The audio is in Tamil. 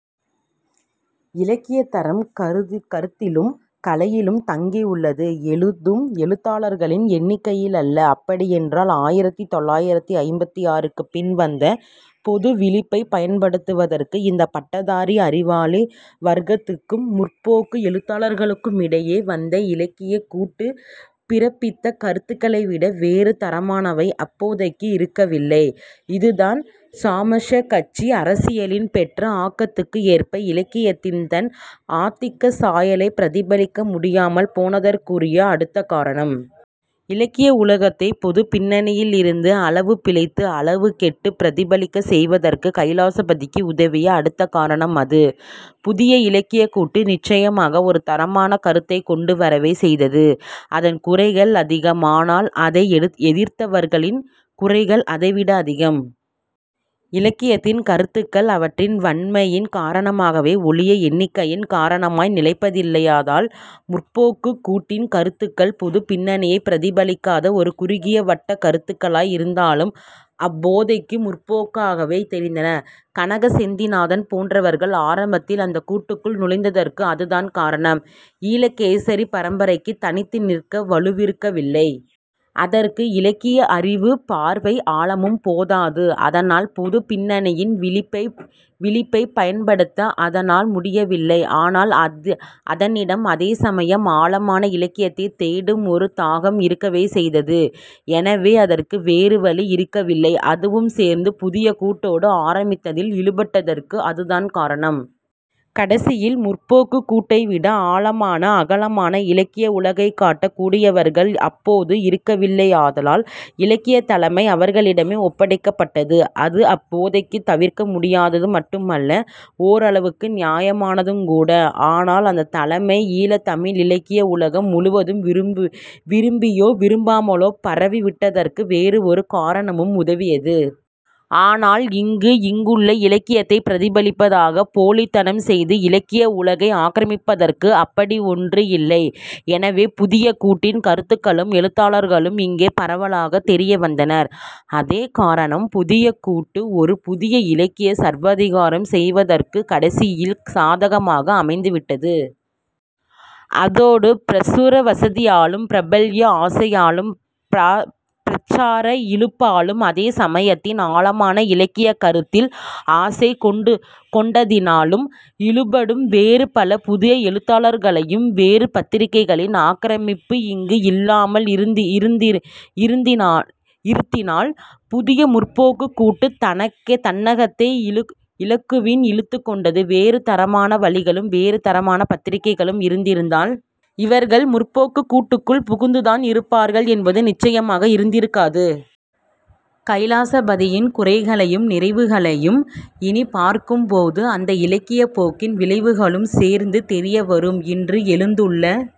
இலக்கியத் தரம் கருகருத்திலும் கலையிலும் தங்கியுள்ளது. எழுதும் எழுத்தாளர்களின் எண்ணிக்கையிலல்ல. அப்படியென்றால் ஆயிரத்துத் தொள்ளாயிரத்து ஐம்பத்தாறுக்குப் பின் வந்த பொது விழிப்பைப் பயன்படுத்துவதற்கு இந்தப் பட்டதாரி அறிவாளி வர்க்கத்துக்கும் 'முற்போக்கு' எழுத்தாளர்களுக்குமிடையே வந்த இலக்கியக் கூட்டு பிறப்பித்த கருத்துகளைவிட வேறு தரமானவை அப்போதைக்கு இருக்கவில்லை. இதுதான் சாமஷ்டிக் கட்சி அரசியலில் பெற்ற ஆக்கத்துக்கு ஏற்ப இலக்கியத்தில் தன் ஆதிக்கச் சாயலைப் பிரதிபலிக்க முடியாமல் போனதற்குரிய அடுத்த காரணம். இலக்கிய உலகத்தைப் பொதுப் பின்னணியிலிருந்து, அளவுபிழைத்து அளவு கெட்டுப் பிரதிபலிக்கச் செய்வதற்கு கைலாசபதிக்கு உதவிய அடுத்த காரணம் அது. புதிய இலக்கியக் கூட்டு நிச்சயமாக ஒரு தரமான கருத்தைக் கொண்டு வரவே செய்தது. அதன் குறைகள் அதிகம். ஆனால், அதை எதிர்த்தவர்களின் குறைகள் அதைவிட அதிகம். இலக்கியத்தில் கருத்துகள் அவற்றின் வன்மையின் காரணமாகவே ஒழிய எண்ணிக்கையின் காரணமாய் நிலைப்பதில்லையாதால் 'முற்போக்கு'க் கூட்டின் கருத்துகள் பொதுப் பின்னணியைப் பிரதிபலிக்காத ஒரு குறுகிய வட்டக் கருத்துகளாய் இருந்தாலும் அப்போதைக்கு முற்போக்காகவே தெரிந்தன. கனக செந்திநாதன் போன்றவர்கள் ஆரம்பத்தில் அந்தக் கூட்டுக்குள் நுழைந்ததற்கு அதுதான் காரணம். ஈழகேசரி பரம்பரைக்குத் தனித்து நிற்க வலுவிருக்கவில்லை. அதற்கு இலக்கிய அறிவும் பார்வை ஆழமும் போதாது. அதனால் பொதுப் பின்னணியின் விழிப்பை விழிப்பைப் பயன்படுத்த அதனால் முடியவில்லை. ஆனால் அதனிடம் அதேசமயம் ஆழமான இலக்கியத்தைத் தேடும் ஒரு தாகம் இருக்கவே செய்தது. எனவே அதற்கு வேறு வழி இருக்கவில்லை. அதுவும் சேர்ந்து புதிய கூட்டோடு ஆரம்பத்தில் இழுபட்டதற்கு அதுதான் காரணம். கடைசியில் 'முற்போக்கு'க் கூட்டைவிட ஆழமான, அகலமான இலக்கிய உலகைக் காட்டக் கூடியவர்கள் அப்போது இருக்கவில்லையாதலால் இலக்கியத் தலைமை அவர்களிடமே ஒப்படைக்கப்பட்டது. அது அப்போதைக்குத் தவிர்க்க முடியாதது மட்டுமல்ல, ஓரளவுக்கு நியாயமானதுங்கூட. ஆனால் அந்தத் தலைமை ஈழத் தமிழ் இலக்கிய உலகம் முழுவதும் விரும்பியோ விரும்பாமலோ பரவிவிட்டதற்கு வேறு ஒரு காரணமும் உதவியது. ஆனால் இங்கு, இங்குள்ள இலக்கியத்தைப் பிரதிபலிப்பதாகப் போலித்தனம் செய்து இலக்கிய உலகை ஆக்கிரமிப்பதற்கு அப்படி ஒன்று இல்லை. எனவே, புதிய கூட்டின் கருத்துகளும் எழுத்தாளர்களும் இங்கே பரவலாகத் தெரிய வந்தனர். அதே காரணம் புதிய கூட்டு ஒரு புதிய இலக்கியச் சர்வதிகாரம் செய்வதற்கும் கடைசியில் சாதகமாக அமைந்துவிட்டது. அதோடு பிரசுர வசதியாலும் பிரபல்ய ஆசையாலும் பிரச்சார இழுப்பாலும் அதே சமயத்தில் ஆழமான இலக்கியக் கருத்தில் ஆசை கொண்டதினாலும் இழுபடும் வேறு பல புதிய எழுத்தாளர்களையும், வேறு பத்திரிகைகளின் ஆக்கிரமிப்பு இங்கு இல்லாமல் இருந்தினால் இருந்தினால், புதிய 'முற்போக்கு'க் கூட்டு தன்னகத்தே இலகுவில் இழுத்துக்கொண்டது. வேறு தரமான வழிகளும் வேறு தரமான பத்திரிகைகளும் இருந்திருந்தால் இவர்கள் 'முற்போக்கு'க் கூட்டுக்குள் புகுந்துதான் இருப்பார்கள் என்பது நிச்சயமாக இருந்திருக்காது. கைலாசபதியின் குறைகளையும் நிறைவுகளையும் இனிப் பார்க்கும்போது அந்த இலக்கியப் போக்கின் விளைவுகளும் சேர்ந்து தெரியவரும். இன்று எழுந்துள்ள